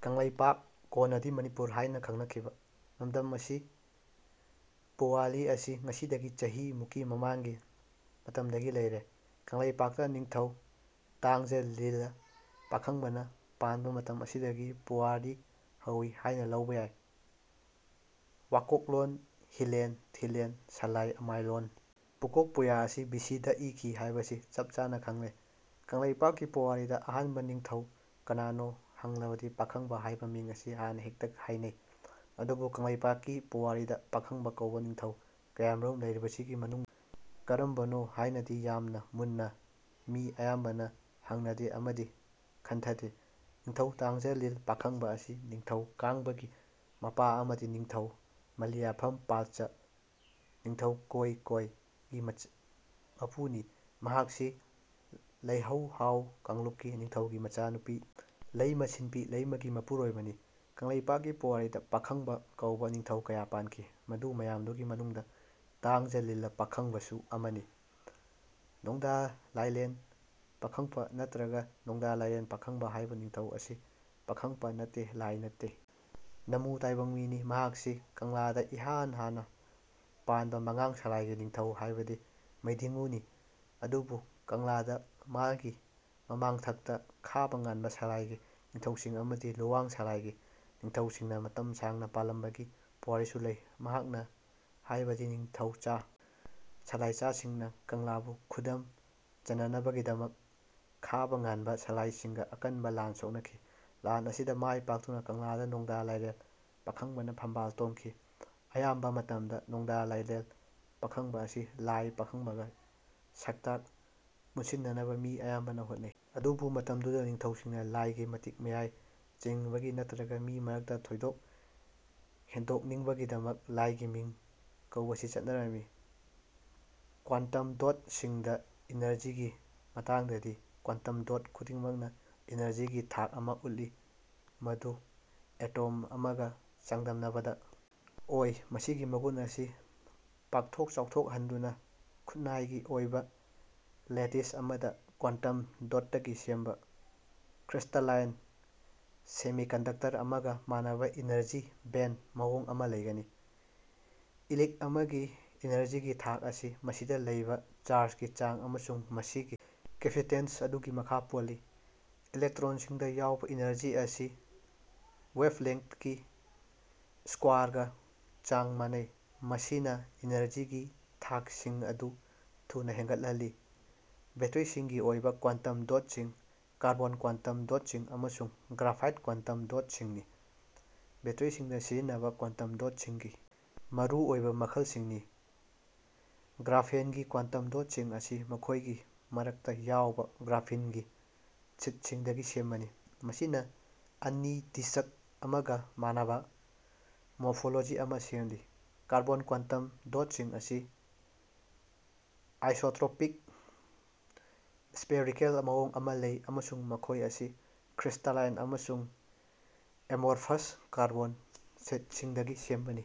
ꯀꯪꯂꯩꯄꯥꯛ (ꯀꯣꯟꯅꯗꯤ ꯃꯅꯤꯄꯨꯔ ꯍꯥꯢꯅ ꯈꯪꯅꯈꯤꯕ) ꯂꯝꯗꯝ ꯑꯁꯤ ꯄꯨꯋꯥꯔꯤ ꯑꯁꯤ ꯉꯁꯤꯗꯒꯤ ꯆꯍꯤ ꯃꯨꯛꯀꯤ ꯃꯃꯥꯡꯒꯤ ꯃꯇꯝꯗꯒꯤ ꯂꯩꯔꯦ꯫ ꯀꯪꯂꯩꯄꯥꯛꯇ ꯅꯤꯡꯊꯧ ꯇꯥꯡꯖ ꯂꯤꯜ ꯄꯥꯈꯪꯕꯅ ꯄꯥꯟꯕ ꯃꯇꯝ ꯑꯁꯤꯗꯒꯤ ꯄꯨꯋꯥꯔꯤ ꯍꯧꯏ ꯍꯥꯢꯅ ꯂꯧꯕ ꯌꯥꯢ꯫ ꯋꯥꯀꯣꯛꯂꯣꯟ ꯍꯤꯂꯦꯜ ꯊꯤꯂꯦꯜ ꯁꯂꯥꯏ ꯑꯃꯥꯏꯂꯣꯟ ꯄꯨꯀꯣꯛ ꯄꯨꯌꯥ ꯑꯁꯤ ꯕꯤ ꯁꯤ ꯗ ꯏꯈꯤ ꯍꯥꯢꯕꯁꯤ ꯆꯞ ꯆꯥꯅ ꯈꯪꯂꯦ꯫ ꯀꯪꯂꯩꯄꯥꯛꯀꯤ ꯄꯨꯋꯥꯔꯤꯗ ꯑꯍꯥꯟꯕ ꯅꯤꯡꯊꯧ ꯀꯅꯥꯅꯣ ꯍꯪꯂꯕꯗꯤ ꯄꯥꯈꯪꯕ ꯍꯥꯢꯕ ꯃꯤꯡ ꯑꯁꯤ ꯍꯥꯟꯅ ꯍꯦꯛꯇ ꯍꯥꯢꯅꯩ꯫ ꯑꯗꯨꯕꯨ ꯀꯪꯂꯩꯄꯥꯛꯀꯤ ꯄꯨꯋꯥꯔꯤꯗ ꯄꯥꯈꯪꯕ ꯀꯧꯕ ꯅꯤꯡꯊꯧ ꯀꯌꯥꯃꯔꯨꯝ ꯂꯩꯔꯤꯕꯁꯤꯒꯤ ꯃꯅꯨꯡꯗ ꯀꯔꯝꯕꯅꯣ ꯍꯥꯢꯅꯗꯤ ꯌꯥꯝꯅ ꯃꯨꯟꯅ ꯃꯤ ꯑꯌꯥꯝꯕꯅ ꯍꯪꯅꯗꯦ ꯑꯃꯗꯤ ꯈꯟꯊꯗꯦ꯫ ꯅꯤꯡꯊꯧ ꯇꯥꯡꯖ ꯂꯤꯂ ꯄꯥꯈꯪꯕ ꯑꯁꯤ ꯅꯤꯡꯊꯧ ꯀꯥꯡꯕ ꯒꯤ ꯃꯄꯥ ꯑꯃꯗꯤ ꯅꯤꯡꯊꯧ ꯃꯂꯤꯌꯥꯐꯝ ꯄꯥꯜꯆꯥ (ꯅꯤꯡꯊꯧ ꯀꯣꯢ ꯀꯣꯢ) ꯒꯤ ꯃꯄꯨꯅꯤ꯫ ꯃꯍꯥꯛꯁꯤ ꯂꯩꯍꯧ ꯍꯥꯎ ꯀꯥꯡꯂꯨꯞꯀꯤ ꯅꯤꯡꯊꯧꯒꯤ ꯃꯆꯥꯅꯨꯄꯤ ꯂꯩꯃ ꯁꯤꯟꯄꯤ ꯂꯩꯃꯒꯤ ꯃꯄꯨꯔꯣꯢꯕꯅꯤ꯫ ꯀꯪꯂꯩꯄꯥꯛꯀꯤ ꯄꯨꯋꯥꯔꯤꯗ "ꯄꯥꯈꯪꯕ" ꯀꯧꯕ ꯅꯤꯡꯊꯧ ꯀꯌꯥ ꯄꯥꯟꯈꯤ, ꯃꯗꯨ ꯃꯌꯥꯝꯗꯨꯒꯤ ꯃꯅꯨꯡꯗ "ꯇꯥꯡꯖ ꯂꯤꯂ ꯄꯥꯈꯪꯕ" ꯁꯨ ꯑꯃꯅꯤ꯫ ꯅꯣꯡꯗꯥ ꯂꯥꯢꯂꯦꯟ ꯄꯥꯈꯪꯄ ꯅꯠꯇ꯭ꯔꯒ ꯅꯣꯡꯗꯥ ꯂꯥꯏꯔꯦꯟ ꯄꯥꯈꯪꯕ ꯍꯥꯏꯕ ꯅꯤꯡꯊꯧ ꯑꯁꯤ ꯄꯥꯈꯪꯄ ꯅꯠꯇꯦ, ꯂꯥꯏ ꯅꯠꯇꯦ, ꯅꯃꯨ ꯇꯥꯏꯕꯪ ꯃꯤꯅꯤ꯫ ꯃꯍꯥꯛꯁꯤ ꯀꯪꯂꯥꯗ ꯏꯍꯥꯟ ꯍꯥꯟꯅ ꯄꯥꯟꯕ ꯃꯉꯥꯡ ꯁꯂꯥꯏꯒꯤ ꯅꯤꯡꯊꯧ ꯍꯥꯏꯕꯗꯤ ꯃꯩꯗꯤꯡꯉꯨꯅꯤ꯫ ꯑꯗꯨꯕꯨ ꯀꯪꯂꯥꯗ ꯃꯥꯒꯤ ꯃꯃꯥꯡꯊꯛꯇ ꯈꯥꯕ ꯉꯥꯟꯕ ꯁꯂꯥꯏꯒꯤ ꯅꯤꯡꯊꯧꯁꯤꯡ ꯑꯃꯗꯤ ꯂꯨꯋꯥꯡ ꯁꯂꯥꯏꯒꯤ ꯅꯤꯡꯊꯧꯁꯤꯡꯅ ꯃꯇꯝ ꯁꯥꯡꯅ ꯄꯥꯜꯂꯝꯕꯒꯤ ꯄꯨꯋꯥꯔꯤꯁꯨ ꯂꯩ꯫ ꯃꯍꯥꯛꯅ ꯍꯥꯏꯕꯗꯤ ꯅꯤꯡꯊꯧꯆꯥ ꯁꯂꯥꯏꯆꯥꯁꯤꯡꯅ ꯀꯪꯂꯥꯕꯨ ꯈꯨꯗꯝ ꯆꯟꯅꯅꯕꯒꯤꯗꯃꯛ ꯈꯥꯕ ꯉꯥꯟꯕ ꯁꯂꯥꯏꯆꯥꯁꯤꯡꯒ ꯑꯀꯟꯕ ꯂꯥꯟ ꯁꯣꯛꯅꯈꯤ꯫ ꯂꯥꯟ ꯑꯁꯤꯗ ꯃꯥꯏ ꯄꯥꯛꯇꯨꯅ ꯀꯪꯂꯥꯗ ꯅꯣꯡꯗꯥ ꯂꯥꯏꯔꯦꯜ ꯄꯥꯈꯪꯕꯅ ꯐꯝꯕꯥꯜ ꯇꯣꯡꯈꯤ꯫ ꯑꯌꯥꯝꯕ ꯃꯇꯝꯗ ꯅꯣꯡꯗꯥ ꯂꯥꯏꯂꯦꯜ ꯄꯥꯈꯪꯕ ꯑꯁꯤ ꯂꯥꯏ ꯄꯥꯈꯪꯕꯒ ꯁꯛꯇꯥꯛ ꯄꯨꯟꯁꯤꯟꯅꯅꯕ ꯃꯤ ꯑꯌꯥꯝꯕꯅ ꯍꯣꯠꯅꯩ꯫ ꯑꯗꯨꯕꯨ ꯃꯇꯝꯗꯨꯗ ꯅꯤꯡꯊꯧꯁꯤꯡꯅ ꯂꯥꯏ ꯒꯤ ꯃꯇꯤꯛ ꯃꯌꯥꯏ ꯆꯦꯟꯅꯤꯡꯕꯒꯤ ꯅꯠꯇ꯭ꯔꯒ ꯃꯤ ꯃꯔꯛꯇ ꯊꯣꯏꯗꯣꯛ ꯍꯦꯟꯗꯣꯛꯅꯤꯡꯕꯒꯤꯗꯃꯛ ꯂꯥꯏꯒꯤ ꯃꯤꯡ ꯀꯧꯕꯁꯤ ꯆꯠꯅꯔꯝꯃꯤ꯫ ꯀ꯭ꯋꯥꯟꯇꯝ ꯗꯣꯠ ꯁꯤꯡꯗ ꯏꯅꯔꯖꯤꯒꯤ ꯃꯇꯥꯡꯗꯗꯤ, ꯀ꯭ꯋꯥꯟꯇꯝ ꯗꯣꯠ ꯈꯨꯗꯤꯡꯃꯛꯅ ꯏꯅꯔꯖꯤꯒꯤ ꯊꯥꯛ ꯑꯃ ꯎꯠꯂꯤ ꯃꯗꯨ ꯑꯦꯇꯣꯝ ꯑꯃꯒ ꯆꯥꯡꯗꯝꯅꯕꯗ ꯑꯣꯏ꯫ ꯃꯁꯤꯒꯤ ꯃꯒꯨꯟ ꯑꯁꯤ ꯄꯥꯛꯊꯣꯛ ꯆꯥꯎꯊꯣꯛꯍꯟꯗꯨꯅ, ꯈꯨꯠꯅꯥꯏꯒꯤ ꯑꯣꯏꯕ ꯂꯦꯇꯤꯁ ꯑꯃꯗ (ꯀ꯭ꯋꯥꯟꯇꯝ ꯗꯣꯠꯇꯒꯤ ꯁꯦꯝꯕ) ꯀ꯭ꯔꯤꯁꯇꯂꯥꯏꯟ ꯁꯦꯃꯤꯀꯟꯗꯛꯇꯔ ꯑꯃꯒ ꯃꯥꯟꯅꯕ ꯏꯅꯔꯖꯤ ꯕꯦꯟ ꯃꯑꯣꯡ ꯑꯃ ꯂꯩꯒꯅꯤ꯫ ꯏꯂꯤꯛ ꯑꯃꯒꯤ ꯏꯅꯔꯖꯤꯒꯤ ꯊꯥꯛ ꯑꯁꯤ ꯃꯁꯤꯗ ꯂꯩꯕ ꯆꯥꯔꯖꯀꯤ ꯆꯥꯡ ꯑꯃꯁꯨꯡ ꯃꯁꯤꯒꯤ ꯀꯦꯄꯁꯤꯇꯦꯟꯁ ꯑꯗꯨꯒꯤ ꯃꯈꯥ ꯄꯣꯜꯂꯤ꯫ ꯏꯂꯦꯛꯇ꯭ꯔꯣꯟꯁꯤꯡꯗ ꯌꯥꯎꯕ ꯏꯅꯔꯖꯤ ꯑꯁꯤ ꯋꯦꯚꯂꯦꯡ꯭ꯊꯀꯤ ꯁꯀ꯭ꯋꯥꯔꯒ ꯆꯥꯡ ꯃꯥꯟꯅꯩ꯫ ꯃꯁꯤꯅ ꯏꯅꯔꯖꯤꯒꯤ ꯊꯥꯛꯁꯤꯡ ꯑꯗꯨ ꯊꯨꯅ ꯍꯦꯟꯒꯠꯍꯜꯂꯤ ꯕꯦꯇ꯭ꯔꯤꯁꯤꯡꯒꯤ ꯑꯣꯏꯕ ꯀ꯭ꯋꯥꯟꯇꯝ ꯗꯣꯠꯁꯤꯡ ꯀꯥꯔꯕꯣꯟ ꯀ꯭ꯋꯥꯟꯇꯝ ꯗꯣꯠꯁꯤꯡ ꯑꯃꯁꯨꯡ ꯒ꯭ꯔꯥꯐꯥꯏꯠ ꯀ꯭ꯋꯥꯟꯇꯝ ꯗꯣꯠꯁꯤꯡꯅꯤ꯫ ꯕꯦꯇ꯭ꯔꯤꯁꯤꯡꯗ ꯁꯤꯖꯤꯟꯅꯕ ꯀ꯭ꯋꯥꯟꯇꯝ ꯗꯣꯠꯁꯤꯡꯒꯤ ꯃꯔꯨꯑꯣꯏꯕ ꯃꯈꯜꯁꯤꯡꯅꯤ꯫ ꯒ꯭ꯔꯥꯐꯦꯟꯒꯤ ꯀ꯭ꯋꯥꯟꯇꯝ ꯗꯣꯠꯁꯤꯡ ꯑꯁꯤ ꯃꯈꯣꯏꯒꯤ ꯃꯔꯛꯇ ꯌꯥꯎꯕ ꯒ꯭ꯔꯥꯐꯤꯟꯒꯤ ꯁꯤꯠꯁꯤꯡꯗꯒꯤ ꯁꯦꯝꯕꯅꯤ, ꯃꯁꯤꯅ ꯑꯅꯤ-ꯗꯤꯁ꯭ꯛ ꯑꯃꯒ ꯃꯥꯟꯅꯕ ꯃꯣꯐꯣꯂꯣꯖꯤ ꯑꯃ ꯁꯦꯝꯂꯤ꯫ ꯀꯥꯔꯕꯣꯟ ꯀ꯭ꯋꯥꯟꯇꯝ ꯗꯣꯠꯁꯤꯡ ꯑꯁꯤ ꯑꯥꯏꯁꯣꯇ꯭ꯔꯣꯄꯤꯛ ꯁ꯭ꯄꯦꯔꯤꯀꯦꯜ ꯃꯑꯣꯡ ꯑꯃ ꯂꯩ ꯑꯃꯁꯨꯡ ꯃꯈꯣꯏ ꯑꯁꯤ ꯀ꯭ꯔꯤꯁꯇꯂꯥꯏꯟ ꯑꯃꯁꯨꯡ ꯑꯦꯃꯣꯔꯐꯁ ꯀꯥꯔꯕꯣꯟ ꯁꯤꯠꯁꯤꯡꯗꯒꯤ ꯁꯦꯝꯕꯅꯤ꯫